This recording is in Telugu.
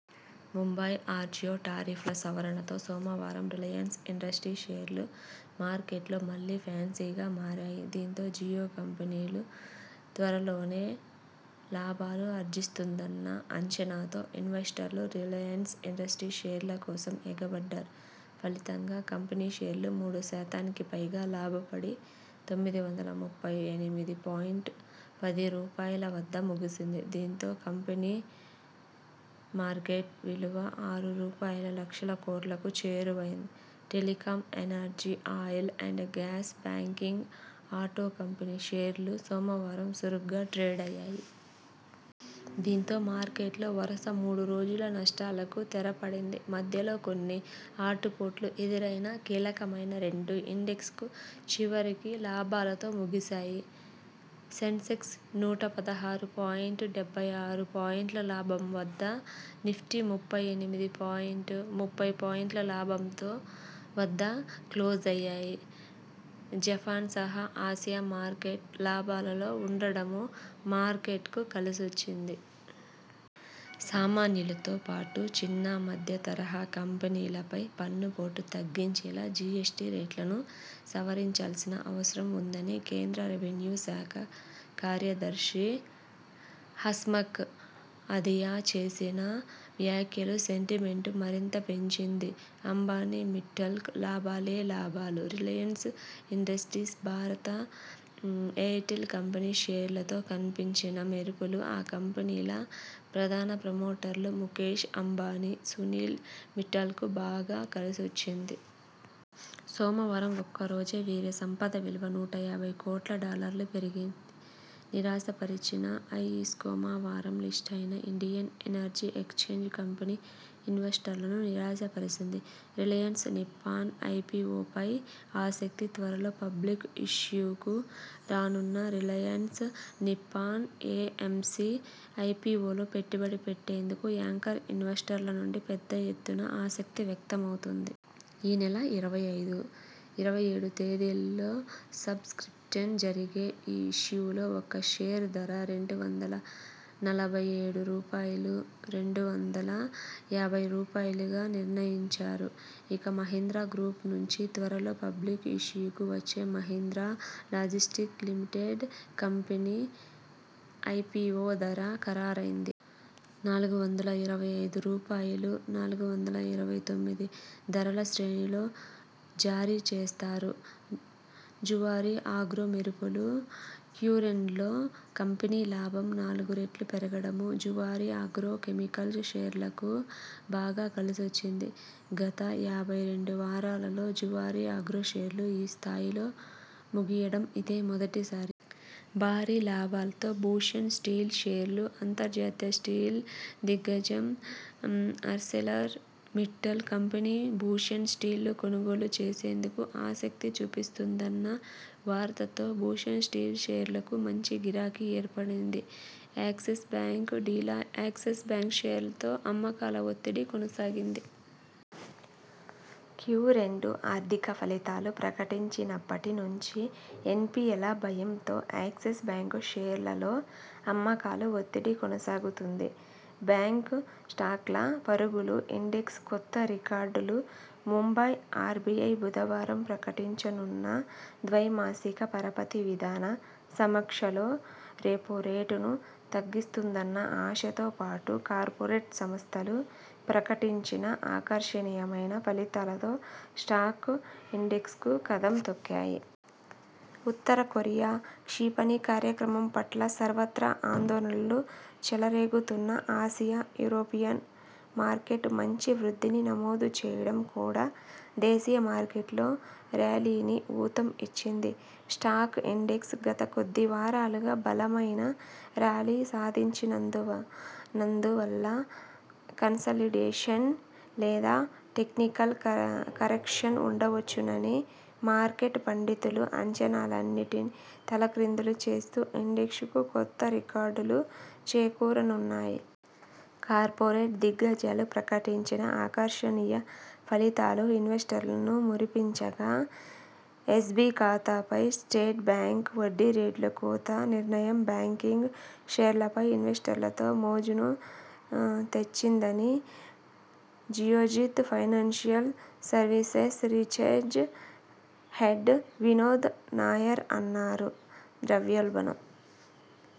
ముంబై ఆర్జియో టారిఫ్ ల సవరణతో సోమవారం రిలయన్స్ ఇండస్ట్రీస్ షేర్లు మార్కెట్లో మళ్లీ ఫ్యాన్సీగా మారాయి. దీంతో జియో కంపెనీ త్వరలోనే లాభాలు ఆర్జిస్తుందన్న అంచనాతో ఇన్వెస్టర్లు రిలయన్స్ ఇండస్ట్రీస్ షేర్ల కోసం ఎగబడ్డారు. ఫలితంగా కంపెనీ షేరు మూడు శాతానికి పైగా లాభపడి తొమ్మిది వందల ముప్పై ఎనిమిది పాయింట్ పది రూపాయల వద్ద ముగిసింది దీంతో కంపెనీ మార్కెట్ విలువ ఆరు రూపాయల లక్షల కోట్లకు చేరువైంది telecom, energy, oil and gas, banking, auto కంపెనీల షేర్లూ సోమవారం చురుగ్గా ట్రేడయ్యాయి. దీంతో మార్కెట్లో వరుస మూడు రోజుల నష్టాలకు తెర పడింది. మధ్యలో కొన్ని ఆటు పోట్లు ఎదురైనా కీలకమైన రెండు ఇండెక్స్లు చివరికి లాభాలతో ముగిశాయి. సెన్సెక్స్ నూట పదహారు పాయింట్ డెబ్బై ఆరు పాయింట్ల లాభంతో వద్ద, నిఫ్టీ ముప్పై ఎనిమిది పాయింట్ ముప్పై పాయింట్ల లాభంతో వద్ద క్లోజయ్యాయి జపాన్సహా ఆసియా మార్కెట్లు లాభాల్లో ఉండడమూ మార్కెట్కు కలిసొచ్చింది. సామాన్యులతో పాటు చిన్న, మధ్య తరహా కంపెనీలపై పన్ను పోటు తగ్గించేలా జిఎ్సటి రేట్లను సవరించాల్సిన అవసరం ఉందని కేంద్ర రెవెన్యూ శాఖ కార్యదర్శి హస్ముఖ్ అధియా చేసిన వ్యాఖ్యలు సెంటి మెంట్ను మరింత పెంచింది. అంబానీ, మిట్టల్కు లాభాలే లాభాలు రిలయన్స్ ఇండస్ట్రీస్, భారతి ఎయిర్టెల్ కంపెనీల షేర్లలో కనిపించిన మెరుపులు ఆ కంపెనీల ప్రధాన ప్రమోటర్లు ముకేశ్ అంబానీ, సునీల్ మిట్టల్లకు బాగా కలిసొచ్చింది. సోమవారం ఒక్క రోజే వీరి సంపద విలువ నూట యాభై కోట్ల డాలర్లు పెరిగింది నిరాశ పరిచిన ఐఈక్స్సోమవారం లిస్టయిన ఇండియన్ ఎనర్జీ ఎక్స్ఛేంజ్ కంపెనీ ఇన్వెస్టర్లను నిరాశ పరిచింది. రిలయన్స్ నిప్పాన్ ఐపిఒపై ఆసక్తి త్వరలో పబ్లిక్ ఇష్యూకు రానున్న రిలయన్స్ నిప్పాన్ ఎఎంసి ఐపిఒలో పెట్టుబడి పెట్టేందుకు యాంకర్ ఇన్వెస్టర్ల నుంచి పెద్ద ఎత్తున ఆసక్తి వ్యక్త మవుతోంది. ఈ నెల ఇరవై ఐదు ,ఇరవై ఏడు తేదీల్లో సబ్ స్క్రిప్టిన్ జరిగే ఈ ఇష్యూలో ఒక్కో షేరు ధర రెండు వందల నలభై ఏడు రూపాయలు ,రెండు వందల యాభై రెండుగా నిర్ణయించారు. ఇక మహీంద్రా గ్రూపు నుంచి త్వరలో పబ్లిక్ ఇష్యూకు వచ్చే Mahindra logistics limited company IPO ధర ఖరారైంది. నాలుగు వందల ఇరవై ఐదు రూపాయలు ,నాలుగు వందల ఇరవై తొమ్మిది ధరల శ్రేణిలో జారీ చేస్తారు. జువారి ఆగ్రో మెరుపులు క్యురెండులో కంపెనీ లాభం నాలుగు రెట్లు పెరగడం జువారీ ఆగ్రో కెమెకల్స్ షేర్లకు బాగా కలిసొచ్చింది. గత యాభై రెండు వారాల్లో జువారీ ఆగ్రో షేర్లు ఈ స్థాయిలో ముగియడం ఇదే మొదటిసారి. భారీ లాభాల్లో భూషణ్ స్టీల్ షేర్లు అంతర్జాతీయ స్టీల్ దిగ్గజం ఆర్సెలర్ మిట్టల్ కంపెనీ భూషణ్ స్టీల్ను కొనుగోలు చేసేందుకు ఆసక్తి చూపిస్తోందన్న వార్తలతో భూషణ్ స్టీల్ షేర్లకు మంచి గిరాకీ ఏర్పడింది. యాక్సిస్ బ్యాంక్ డీలా యాక్సిస్ బ్యాంక్ షేర్లలో అమ్మకాల ఒత్తిడి కొనసాగింది. క్యురెండు ఆర్థిక ఫలితాలు ప్రకటించినప్పటి నుంచి ఎన్పిఎల భయంతో యాక్సిస్ బ్యాంక్ షేర్లలో అమ్మకాల ఒత్తిడి కొనసాగుతోంది. బ్యాంక్ స్టాక్ల పరుగులు ఇండెక్స్ల కొత్త రికార్డులు ముంబై ఆర్బిఐ బుధవారం ప్రకటించనున్న ద్వై మాసిక పరపతి విధాన సమీక్షలో రెపో రేటును తగ్గిస్తుందన్న ఆశలతో పాటు కార్పొరేట్ సంస్థలు ప్రకటించిన ఆకర్షణీయ మైన ఫలితాలతో స్టాక్ ఇండెక్స్లు కదం తొక్కాయి. ఉత్తర కొరియా క్షిపణి కార్యక్రమం పట్ల సర్వత్రా ఆందోళనలు చెల రేగుతున్నా ఆసియా, యూరోపియన్ మార్కెట్లు మంచి వృద్ధిని నమో దు చేయడం కూడా దేశీయ మార్కెట్లో ర్యాలీకి ఊతం ఇచ్చింది. స్టాక్ ఇండెక్స్లు గత కొద్ది వారాలుగా బలమైన ర్యాలీ సాధించినందు వల్ల కన్సాలిడేషన్ లేదా టెక్నికల్ కరెక్షన్ ఉండవచ్చుననే మార్కెట్ పండితుల అంచనాలన్నింటినీ తల కిందులు చేస్తూ ఇండెక్స్లు కొత్త రికార్డులకు చేరుకున్నాయి. కార్పొరేట్ దిగ్గజాలు ప్రకటించిన ఆకర్షణీయ ఫలితాలు ఇన్వెస్టర్లను మురిపించగా ఎస్బి ఖాతాలపై స్టేట్ బ్యాంకు వడ్డీరేట్ల కోత నిర్ణయం బ్యాంకింగ్ షేర్లపై ఇన్వెస్టర్లలో మోజును తెచ్చిందని Geojit financial services research head Vinod Nair అన్నారు. ద్రవ్యోల్బణం